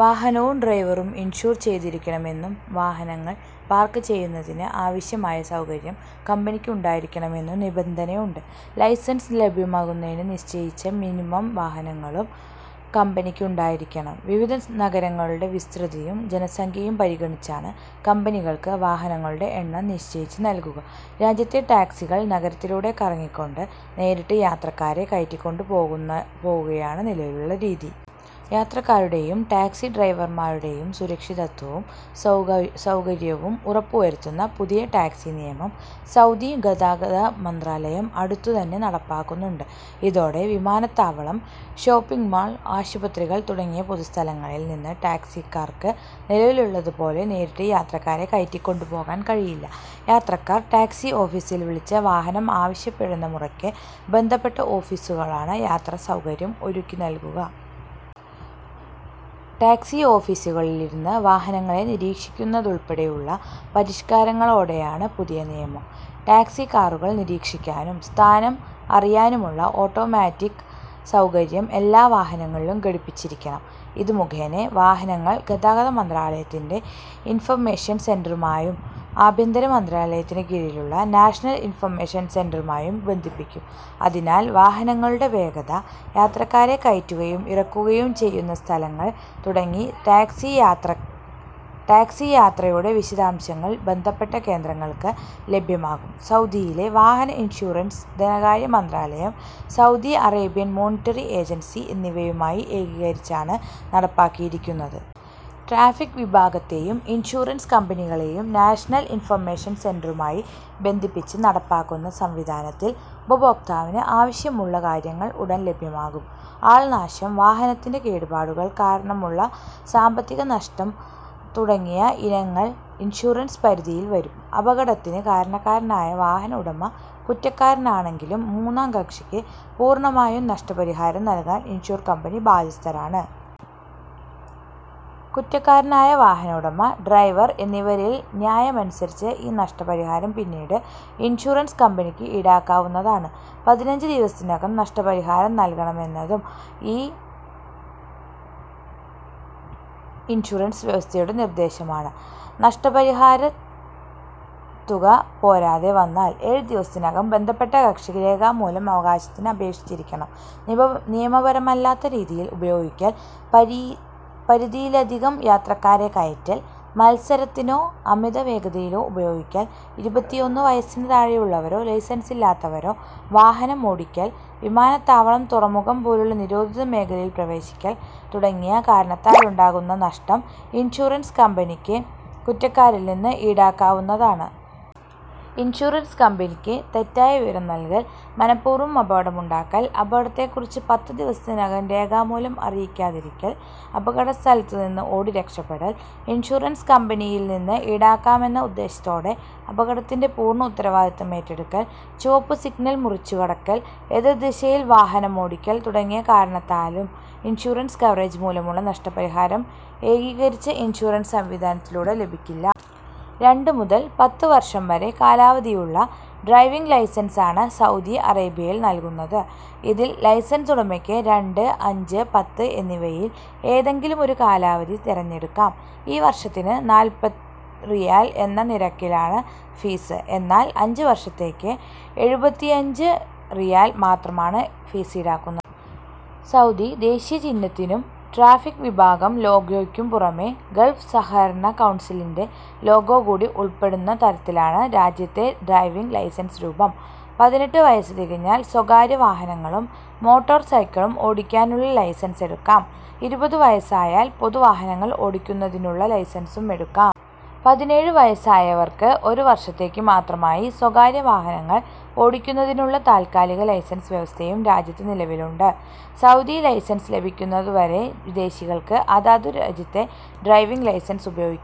വാഹനവും ഡ്രൈവറും ഇൻഷുർ ചെയ്തിരിക്കണമെന്നും വാഹനങ്ങൾ പാർക്ക് ചെയ്യുന്നതിന് ആവശ്യമായ സൗകര്യം കമ്പനിക്ക് ഉണ്ടായിരിക്കണമെന്നും നിബന്ധനയുണ്ട്. ലൈസൻസ് ലഭ്യമാകുന്നതിന് നിശ്ചയിച്ച മിനിമം വാഹനങ്ങളും കമ്പനിക്ക് ഉണ്ടായിരിക്കണം. വിവിധ നഗരങ്ങളുടെ വിസ്തൃതിയും ജനസംഖ്യയും പരിഗണിച്ചാണ് കമ്പനികൾക്ക് വാഹനങ്ങളുടെ എണ്ണം നിശ്ചയിച്ച് നൽകുക. രാജ്യത്തെ ടാക്സികൾ നഗരത്തിലൂടെ കറങ്ങി കൊണ്ട് നേരിട്ട് യാത്രക്കാരെ കയറ്റികൊണ്ടു പോകുകയാണ് നിലവിലുള്ള രീതി. യാത്രക്കാരുടെയും ടാക്സി ഡ്രൈവർമാരുടെയും സുരക്ഷിതത്വവും സൗകര്യവും ഉറപ്പുവരുത്തുന്ന പുതിയ ടാക്സി നിയമം സൗദി ഗതാഗത മന്ത്രാലയം അടുത്തു തന്നെ നടപ്പാക്കുന്നുണ്ട്. ഇതോടെ വിമാനത്താവളം, ഷോപ്പിങ്ങ്മാൾ, ആശുപത്രികൾ തുടങ്ങിയ പൊതുസ്ഥലങ്ങളിൽ നിന്ന് ടാക്സിക്കാർക്ക് നിലവിലുള്ളത് പോലെ നേരിട്ട് യാത്രക്കാരെ കയറ്റികൊണ്ടുപോകാൻ കഴിയില്ല. യാത്രക്കാർ ടാക്സി ഓഫീസിൽ വിളിച്ച് വാഹനം ആവശ്യപ്പെടുന്ന മുറക്ക് ബന്ധപ്പെട്ട ഓഫീസുകളാണ് യാത്രാ സൗകര്യം ഒരുക്കിനൽകുക. ടാക്സി ഓഫീസുകളിലിരുന്ന് വാഹനങ്ങളെ നിരീക്ഷിക്കുന്നതുൾപ്പെടെയുള്ള പരിഷ്കാരങ്ങളോടെയാണ് പുതിയ നിയമം. ടാക്സി കാറുകൾ നിരീക്ഷിക്കാനും സ്ഥാനം അറിയാനുമുള്ള ഓട്ടോമാറ്റിക് സൗകര്യം എല്ലാ വാഹനങ്ങളിലും ഘടിപ്പിച്ചിരിക്കണം. ഇത് മുഖേന വാഹനങ്ങൾ ഗതാഗത മന്ത്രാലയത്തിന്റെ ഇൻഫർമേഷൻ സെന്ററുമായും ആഭ്യന്തര മന്ത്രാലയത്തിന് കീഴിലുള്ള നാഷണൽ ഇൻഫർമേഷൻ സെന്ററുമായും ബന്ധിപ്പിക്കും. അതിനാൽ വാഹനങ്ങളുടെ വേഗത, യാത്രക്കാരെ കയറ്റുകയും ഇറക്കുകയും ചെയ്യുന്ന സ്ഥലങ്ങൾ തുടങ്ങി ടാക്സി യാത്രയുടെ വിശദാംശങ്ങൾ ബന്ധപ്പെട്ട കേന്ദ്രങ്ങൾക്ക് ലഭ്യമാകും സൗദിയിലെ വാഹന ഇൻഷുറൻസ് ധനകാര്യ മന്ത്രാലയം, സൗദി അറേബ്യൻ മോണിറ്ററി ഏജൻസി എന്നിവയുമായി എകീകരിച്ചാണ് നടപ്പാക്കിയിരിക്കുന്നത്. ട്രാഫിക് വിഭാഗത്തെയും ഇൻഷൂറൻസ് കമ്പനികളെയും നാഷനൽ ഇൻഫർമേഷൻ സെന്ററുമായി ബന്ധിപ്പിച്ച് നടപ്പാക്കുന്ന സംവിധാനത്തിൽ ഉപഭോക്താവിന് ആവശ്യമുള്ള കാര്യങ്ങൾ ഉടൻ ലഭ്യമാകും. ആൾനാശം, വാഹനത്തിന്റെ കേടുപാടുകൾ കാരണമുള്ള സാമ്പത്തിക നഷ്ടം തുടങ്ങിയ ഇനങ്ങൾ ഇൻഷുറൻസ് പരിധിയിൽ വരും. അപകടത്തിന് കാരണക്കാരനായ വാഹന ഉടമ കുറ്റക്കാരനാണെങ്കിലും മൂന്നാം കക്ഷിക്ക് പൂർണമായ നഷ്ടപരിഹാരം നൽകാൻ ഇൻഷുർ കമ്പനി ബാധ്യസ്ഥരാണ്. കുറ്റക്കാരനായ വാഹന ഉടമ, ഡ്രൈവർ എന്നിവരിൽ ന്യായമനുസരിച്ച് ഈ നഷ്ടപരിഹാരം പിന്നീട് ഇൻഷുറൻസ് കമ്പനിക്ക് ഈടാക്കാവുന്നതാണ്. പതിനഞ്ച് ദിവസത്തിനകം നഷ്ടപരിഹാരം നൽകണമെന്നതും ഈ ഇൻഷുറൻസ് വ്യവസ്ഥയുടെ നിർദ്ദേശമാണ്. നഷ്ടപരിഹാരത്തുക പോരാതെ വന്നാൽ ഏഴ് ദിവസത്തിനകം ബന്ധപ്പെട്ട കക്ഷി രേഖാമൂലം അവകാശത്തിന് അപേക്ഷിച്ചിരിക്കണം. നിയമപരമല്ലാത്ത രീതിയിൽ ഉപയോഗിക്കൽ, പരിധിയിലധികം യാത്രക്കാരെ കയറ്റൽ, മത്സരത്തിനോ അമിത വേഗതയിലോ ഉപയോഗിക്കൽ, ഇരുപത്തിയൊന്ന് വയസ്സിന് താഴെയുള്ളവരോ ലൈസൻസില്ലാത്തവരോ വാഹനം ഓടിക്കൽ, വിമാനത്താവളം തുറമുഖം പോലുള്ള നിരോധിത മേഖലയിൽ പ്രവേശിക്കൽ തുടങ്ങിയ കാരണത്താലുണ്ടാകുന്ന നഷ്ടം ഇൻഷുറൻസ് കമ്പനിക്ക് കുറ്റക്കാരിൽ നിന്ന് ഈടാക്കാവുന്നതാണ്. ഇൻഷുറൻസ് കമ്പനിക്ക് തെറ്റായ വിവരം നൽകൽ, മനഃപൂർവം അപകടമുണ്ടാക്കൽ, അപകടത്തെക്കുറിച്ച് പത്ത് ദിവസത്തിനകം രേഖാമൂലം അറിയിക്കാതിരിക്കൽ, അപകട സ്ഥലത്തുനിന്ന് ഓടി രക്ഷപ്പെടൽ, ഇൻഷുറൻസ് കമ്പനിയിൽ നിന്ന് ഈടാക്കാമെന്ന ഉദ്ദേശത്തോടെ അപകടത്തിന്റെ പൂർണ ഉത്തരവാദിത്തം ഏറ്റെടുക്കൽ, ചുവപ്പ് സിഗ്നൽ മുറിച്ചുകടക്കൽ, എതിർ ദിശയിൽ വാഹനം ഓടിക്കൽ തുടങ്ങിയ കാരണത്താലും ഇൻഷുറൻസ് കവറേജ് മൂലമുള്ള നഷ്ടപരിഹാരം എകീകരിച്ച ഇൻഷുറൻസ് സംവിധാനത്തിലൂടെ ലഭിക്കില്ല. രണ്ട് മുതൽ പത്ത് വർഷം വരെ കാലാവധിയുള്ള ഡ്രൈവിങ് ലൈസൻസ് ആണ് സൗദി അറേബ്യയിൽ നൽകുന്നത്. ഇതിൽ ലൈസൻസ് ഉടമക്ക് രണ്ട്, അഞ്ച്, പത്ത് എന്നിവയിൽ ഏതെങ്കിലുമൊരു കാലാവധി തെരഞ്ഞെടുക്കാം. ഒരു വർഷത്തിന് നാൽപത് റിയാൽ എന്ന നിരക്കിലാണ് ഫീസ്. എന്നാൽ അഞ്ച് വർഷത്തേക്ക് എഴുപത്തിഅഞ്ച് റിയാൽ മാത്രമാണ് ഫീസ് ഈടാക്കുന്നത്. സൗദി ദേശീയ ചിഹ്നത്തിനും ട്രാഫിക് വിഭാഗം ലോഗോക്കും പുറമെ ഗൾഫ് സഹകരണ കൗൺസിലിന്റെ ലോഗോ കൂടി ഉൾപ്പെടുന്ന തരത്തിലാണ് രാജ്യത്തെ ഡ്രൈവിങ് ലൈസൻസ് രൂപം. പതിനെട്ട് വയസ് തികഞ്ഞാൽ സ്വകാര്യ വാഹനങ്ങളും മോട്ടോർ സൈക്കിളും ഓടിക്കാനുള്ള ലൈസൻസ് എടുക്കാം. ഇരുപതു വയസ് ആയാൽ പൊതു വാഹനങ്ങൾ ഓടിക്കുന്നതിന്നുതിനുള്ള ലൈസൻസും എടുക്കാം. പതിനേഴു വയസ് ആയവർക്ക് ഒരു വർഷത്തേക്ക് മാത്രമായി സ്വകാര്യ വാഹനങ്ങൾ ഓടിക്കുന്നതിനുള്ള താൽക്കാലിക ലൈസൻസ് വ്യവസ്ഥയും രാജ്യത്ത് നിലവിലുണ്ട്. സൗദി ലൈസൻസ് ലഭിക്കുന്നതു വരെ വിദേശികൾക്ക് അതതു രാജ്യത്തെ ഡ്രൈവിങ്ലൈസൻസ് ഉപയോഗിക്കാം